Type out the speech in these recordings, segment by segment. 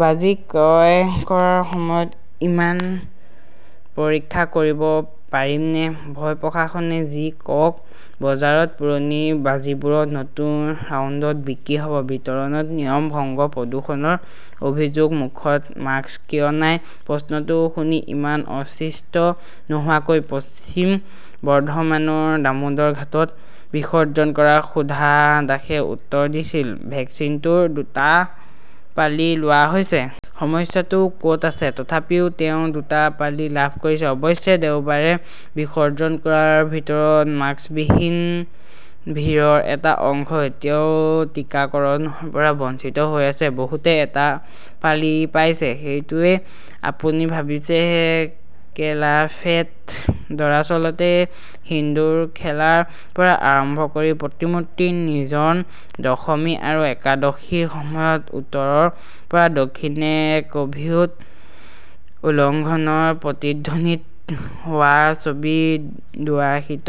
বাজি ক্ৰয় কৰাৰ সময়ত ইমান পৰীক্ষা কৰিব পাৰিমনে? ভয় প্ৰশাসনে যি কওক, বজাৰত পুৰণি বাজিবোৰ নতুন ৰাউণ্ডত বিক্ৰী হ 'ব। বিতৰণত নিয়ম ভংগ, প্ৰদূষণৰ অভিযোগ মুখত মাস্ক কিয় নাই? প্ৰশ্নটো শুনি ইমান অস্বস্তি নোহোৱাকৈ, পশ্চিম বৰ্ধমানৰ দামোদৰ ঘাটত বিসৰ্জন কৰা সুধা দাসে উত্তৰ দিছিল, ভেকচিনটোৰ দুটা পালি লোৱা হৈছে। সমস্যাটো ক'ত আছে? তথাপিও তেওঁ দুটা পালি লাভ কৰিছে। অৱশ্যে, দেওবাৰে বিসৰ্জন কৰা ভিৰত মাস্কবিহীন ভিৰৰ এটা অংশ এতিয়াও টিকাকৰণৰ পৰা বঞ্চিত হৈ আছে। বহুতে এটা পালি পাইছে, সেইটোৱেই আপুনি ভাবিছে কেল্লাফ্টে দৰাচলতে, সিন্দুৰখেলাৰ পৰা আৰম্ভ কৰি প্ৰতিমূৰ্তি নিৰ্জন দশমী আৰু একাদশীৰ সময়ত উত্তৰৰ পৰা দক্ষিণে কভিড উলংঘনৰ প্ৰতিধ্বনিত হোৱা ছবি দুৱাৰ্ষীত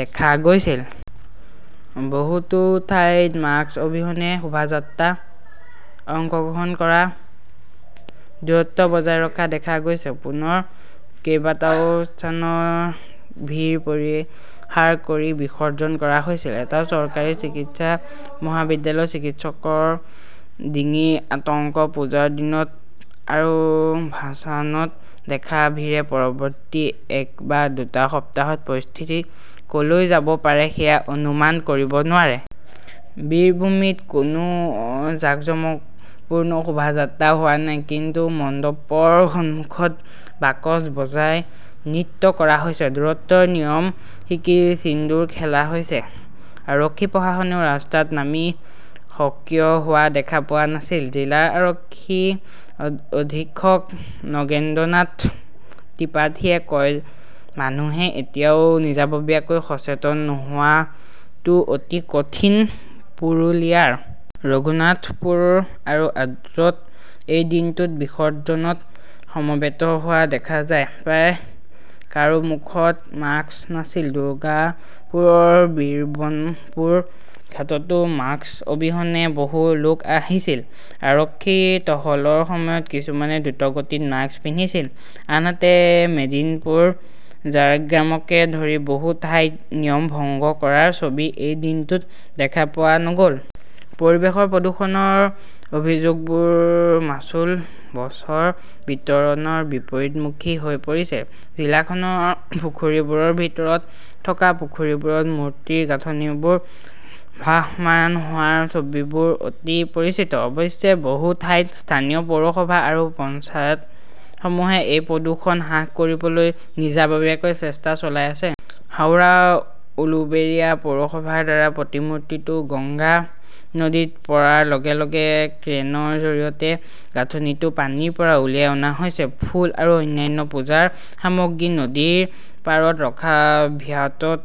দেখা গৈছিল। বহুতো ঠাইত মাস্ক অবিহনে শোভাযাত্ৰাত অংশগ্ৰহণ কৰা, দূৰত্ব বজাই ৰখা দেখা গৈছে। পুনৰ কেইবাটাও স্থানত ভিৰ পৰিহাৰ কৰি বিসৰ্জন কৰা হৈছিল। এটা চৰকাৰী চিকিৎসা মহাবিদ্যালয়ৰ চিকিৎসকৰ ডিঙিৰ আতংক পূজাৰ দিনত আৰু ভাছানত দেখা ভিৰে পৰৱৰ্তী এক বা দুটা সপ্তাহত পৰিস্থিতি ক'লৈ যাব পাৰে সেয়া অনুমান কৰিব নোৱাৰে। বীৰভূমিত কোনো জাকজমকপূৰ্ণ শোভাযাত্ৰা হোৱা নাই, কিন্তু মণ্ডপৰ সন্মুখত বাকচ বজাই নৃত্য কৰা হৈছে, দূৰত্বৰ নিয়ম শিকি ছিন্দুৰ খেলা হৈছে। আৰক্ষী-প্ৰশাসনেও ৰাস্তাত নামি সক্ৰিয় হোৱা দেখা পোৱা নাছিল। জিলাৰ আৰক্ষী অধীক্ষক নগেন্দ্ৰনাথ ত্ৰিপাঠীয়ে কয়, মানুহে এতিয়াও নিজাববীয়াকৈ সচেতন নোহোৱাটো অতি কঠিন। পুৰুলিয়াৰ ৰঘুনাথপুৰ আৰু আদ্ৰাত এই দিনটোত বিসৰ্জনত সমবেত হোৱা দেখা যায়। প্ৰায় কাৰো মুখত মাস্ক নাছিল। দুৰ্গাপুৰৰ বীৰবনপুৰ ঘাটতো মাস্ক অবিহনে বহু লোক আহিছিল। আৰক্ষীৰ টহলৰ সময়ত কিছুমানে দ্ৰুতগতিত মাস্ক পিন্ধিছিল। আনহাতে, মেদিনীপুৰ, ঝাৰগ্ৰামকে ধৰি বহু ঠাইত নিয়ম ভংগ কৰাৰ ছবি এই দিনটোত দেখা পোৱা নগ'ল। পৰিৱেশৰ প্ৰদূষণৰ অভিযোগবোৰ মাচুল বছৰ বিতৰণৰ বিপৰীতমুখী হৈ পৰিছে। জিলাখনৰ পুখুৰীবোৰৰ ভিতৰত থকা পুখুৰীবোৰত মূৰ্তিৰ গাঁথনিবোৰ ভাসমান হোৱাৰ ছবিবোৰ অতি পৰিচিত। অৱশ্যে, বহু ঠাইত স্থানীয় পৌৰসভা আৰু পঞ্চায়তসমূহে এই প্ৰদূষণ হ্ৰাস কৰিবলৈ নিজাববীয়াকৈ চেষ্টা চলাই আছে। হাওৰাৰ উলুবেৰিয়া পৌৰসভাৰ দ্বাৰা প্ৰতিমূৰ্তিটো গংগা নদীত পৰাৰ লগে লগে ক্ৰেনৰ জৰিয়তে গাঁথনিটো পানীৰ পৰা উলিয়াই অনা হৈছে। ফুল আৰু অন্যান্য পূজাৰ সামগ্ৰী নদীৰ পাৰত ৰখা ভ্যাটত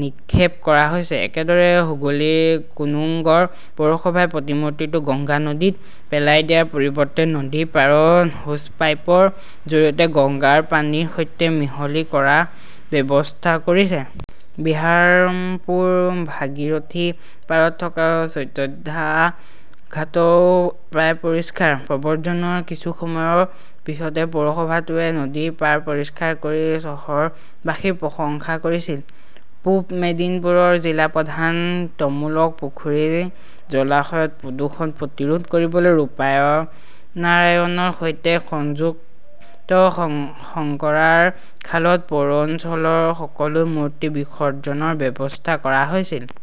নিক্ষেপ কৰা হৈছে। একেদৰে, হুগলীৰ কোন্নগৰ পৌৰসভাই প্ৰতিমূৰ্তিটো গংগা নদীত পেলাই দিয়াৰ পৰিৱৰ্তে নদীৰ পাৰত হোচপাইপৰ জৰিয়তে গংগাৰ পানীৰ সৈতে মিহলি কৰাৰ ব্যৱস্থা কৰিছে। বিহাৰমপুৰ, ভাগীৰথী পাৰত থকা চৈধ্যটা ঘাটও প্ৰায় পৰিষ্কাৰ। প্ৰব্ৰজনৰ কিছু সময়ৰ পিছতে পৌৰসভাটোৱে নদীৰ পাৰ পৰিষ্কাৰ কৰি চহৰবাসীৰ প্ৰশংসা কৰিছিল। পূব মেদিনীপুৰৰ জিলা প্ৰধান তমলুক পুখুৰী-জলাশয়ত প্ৰদূষণ প্ৰতিৰোধ কৰিবলৈ ৰূপনাৰায়ণৰ সৈতে সংযুক্ত শংকৰাৰা খালত পৌৰ অঞ্চলৰ সকলো মূৰ্তি বিসৰ্জনৰ ব্যৱস্থা কৰা হৈছিল।